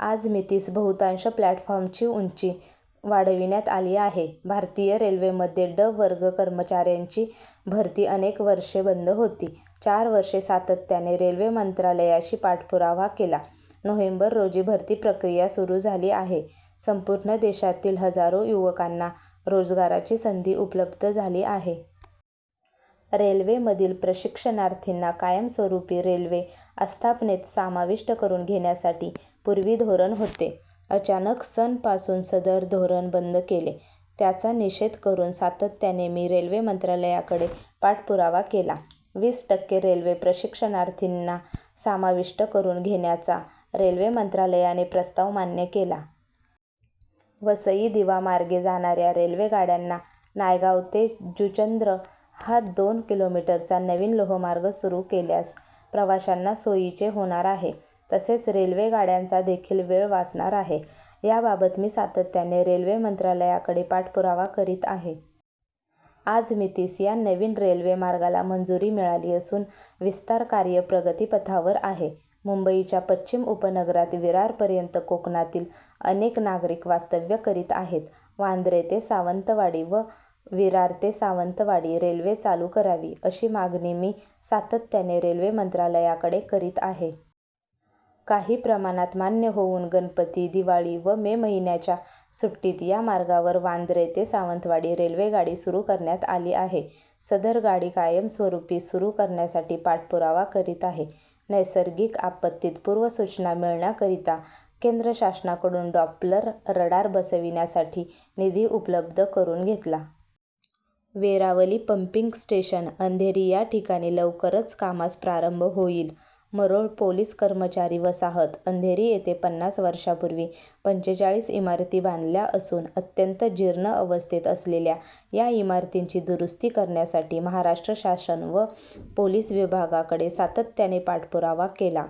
आजमितीस बहुतांश प्लॅटफॉर्मची उंची वाढविण्यात आली आहे. भारतीय रेल्वेमध्ये ड वर्ग कर्मचाऱ्यांची भरती अनेक वर्षे बंद होती. चार वर्षे सातत्याने रेल्वे मंत्रालयाशी पाठपुरावा केला. नोव्हेंबर रोजी भरती प्रक्रिया सुरू झाली आहे. संपूर्ण देशातील हजारो युवकांना रोजगाराची संधी उपलब्ध झाली आहे. रेल्वेमधील प्रशिक्षणार्थींना कायमस्वरूपी रेल्वे आस्थापनेत समाविष्ट करून घेण्यासाठी पूर्वी धोरण होते. अचानक सन पासून सदर धोरण बंद केले, त्याचा निषेध करून सातत्याने मी रेल्वे मंत्रालयाकडे पाठपुरावा केला. वीस टक्के रेल्वे प्रशिक्षणार्थींना समाविष्ट करून घेण्याचा रेल्वे मंत्रालयाने प्रस्ताव मान्य केला. वसई दिवा मार्गे जाणाऱ्या रेल्वे गाड्यांना नायगाव ते जुचंद्र हा दोन किलोमीटरचा नवीन लोहमार्ग सुरू केल्यास प्रवाशांना सोयीचे होणार आहे, तसेच रेल्वे गाड्यांचा देखील वेळ वाचणार आहे. याबाबत मी सातत्याने रेल्वे मंत्रालयाकडे पाठपुरावा करीत आहे. आजमितीस या नवीन रेल्वे मार्गाला मंजुरी मिळाली असून विस्तार कार्य प्रगतीपथावर आहे. मुंबईच्या पश्चिम उपनगरात विरारपर्यंत कोकणातील अनेक नागरिक वास्तव्य करीत आहेत. वांद्रे ते सावंतवाडी व विरार ते सावंतवाडी रेल्वे चालू करावी अशी मागणी मी सातत्याने रेल्वे मंत्रालयाकडे करीत आहे. काही प्रमाणात मान्य होऊन गणपती, दिवाळी व मे महिन्याच्या सुट्टीत या मार्गावर वांद्रे ते सावंतवाडी रेल्वे गाडी सुरू करण्यात आली आहे. सदर गाडी कायमस्वरूपी सुरू करण्यासाठी पाठपुरावा करीत आहे. नैसर्गिक आपत्तीत पूर्वसूचना मिळण्याकरिता केंद्र शासनाकडून डॉप्लर रडार बसविण्यासाठी निधी उपलब्ध करून घेतला. वेरावली पंपिंग स्टेशन, अंधेरी याठिकाणी लवकरच कामास प्रारंभ होईल. मरोळ पोलीस कर्मचारी वसाहत, अंधेरी येथे पन्नास वर्षांपूर्वी पंचेचाळीस इमारती बांधल्या असून अत्यंत जीर्ण अवस्थेत असलेल्या या इमारतींची दुरुस्ती करण्यासाठी महाराष्ट्र शासन व पोलीस विभागाकडे सातत्याने पाठपुरावा केला.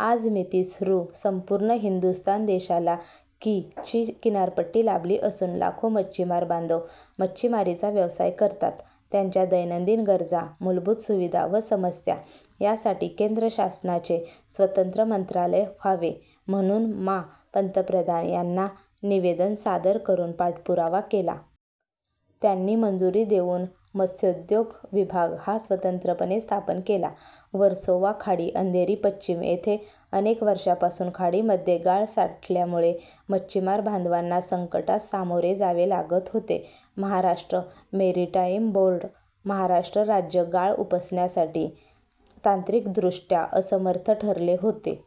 आजमितीस रू. संपूर्ण हिंदुस्थान देशाला कि. ची किनारपट्टी लाभली असून लाखो मच्छीमार बांधव मच्छीमारीचा व्यवसाय करतात. त्यांच्या दैनंदिन गरजा, मूलभूत सुविधा व समस्या यासाठी केंद्र शासनाचे स्वतंत्र मंत्रालय व्हावे म्हणून मा. पंतप्रधान यांना निवेदन सादर करून पाठपुरावा केला. त्यांनी मंजुरी देऊन मत्स्योद्योग विभाग हा स्वतंत्रपणे स्थापन केला. वर्सोवा खाडी, अंधेरी पश्चिम येथे अनेक वर्षांपासून खाडीमध्ये गाळ साठल्यामुळे मच्छीमार बांधवांना संकटास सामोरे जावे लागत होते. महाराष्ट्र मेरिटाईम बोर्ड, महाराष्ट्र राज्य गाळ उपसण्यासाठी तांत्रिकदृष्ट्या असमर्थ ठरले होते.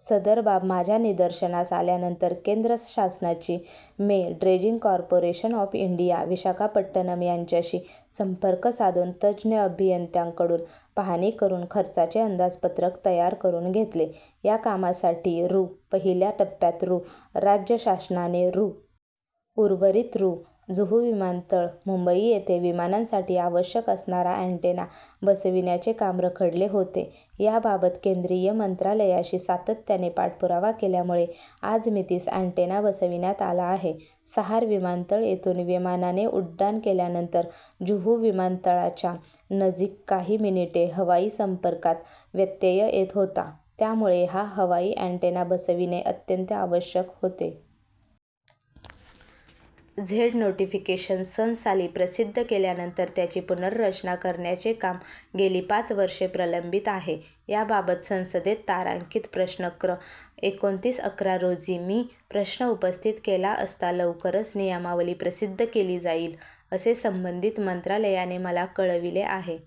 सदर बाब माझ्या निदर्शनास आल्यानंतर केंद्र शासनाची मे. Dredging corporation of India, Visakhapatnam यांच्याशी संपर्क साधून तज्ज्ञ अभियंत्यांकडून पाहणी करून खर्चाचे अंदाजपत्रक तयार करून घेतले. या कामासाठी रू. पहिल्या टप्प्यात रू. राज्य शासनाने रू. उर्वरित रू. जुहू विमानतळ, मुंबई येथे विमानांसाठी आवश्यक असणारा अँटेना बसविण्याचे काम रखडले होते. याबाबत केंद्रीय मंत्रालयाशी सातत्याने पाठपुरावा केल्यामुळे आजमितीस अँटेना बसविण्यात आला आहे. सहार विमानतळ येथून विमानाने उड्डाण केल्यानंतर जुहू विमानतळाच्या नजिक काही मिनिटे हवाई संपर्कात व्यत्यय येत होता, त्यामुळे हा हवाई अँटेना बसविणे अत्यंत आवश्यक होते. झेड नोटिफिकेशन सन साली प्रसिद्ध केल्यानंतर त्याची पुनर्रचना करण्याचे काम गेली पाच वर्षे प्रलंबित आहे. याबाबत संसदेत तारांकित प्रश्न क्र. एकोणतीस अकरा रोजी मी प्रश्न उपस्थित केला असता लवकरच नियमावली प्रसिद्ध केली जाईल असे संबंधित मंत्रालयाने मला कळविले आहे.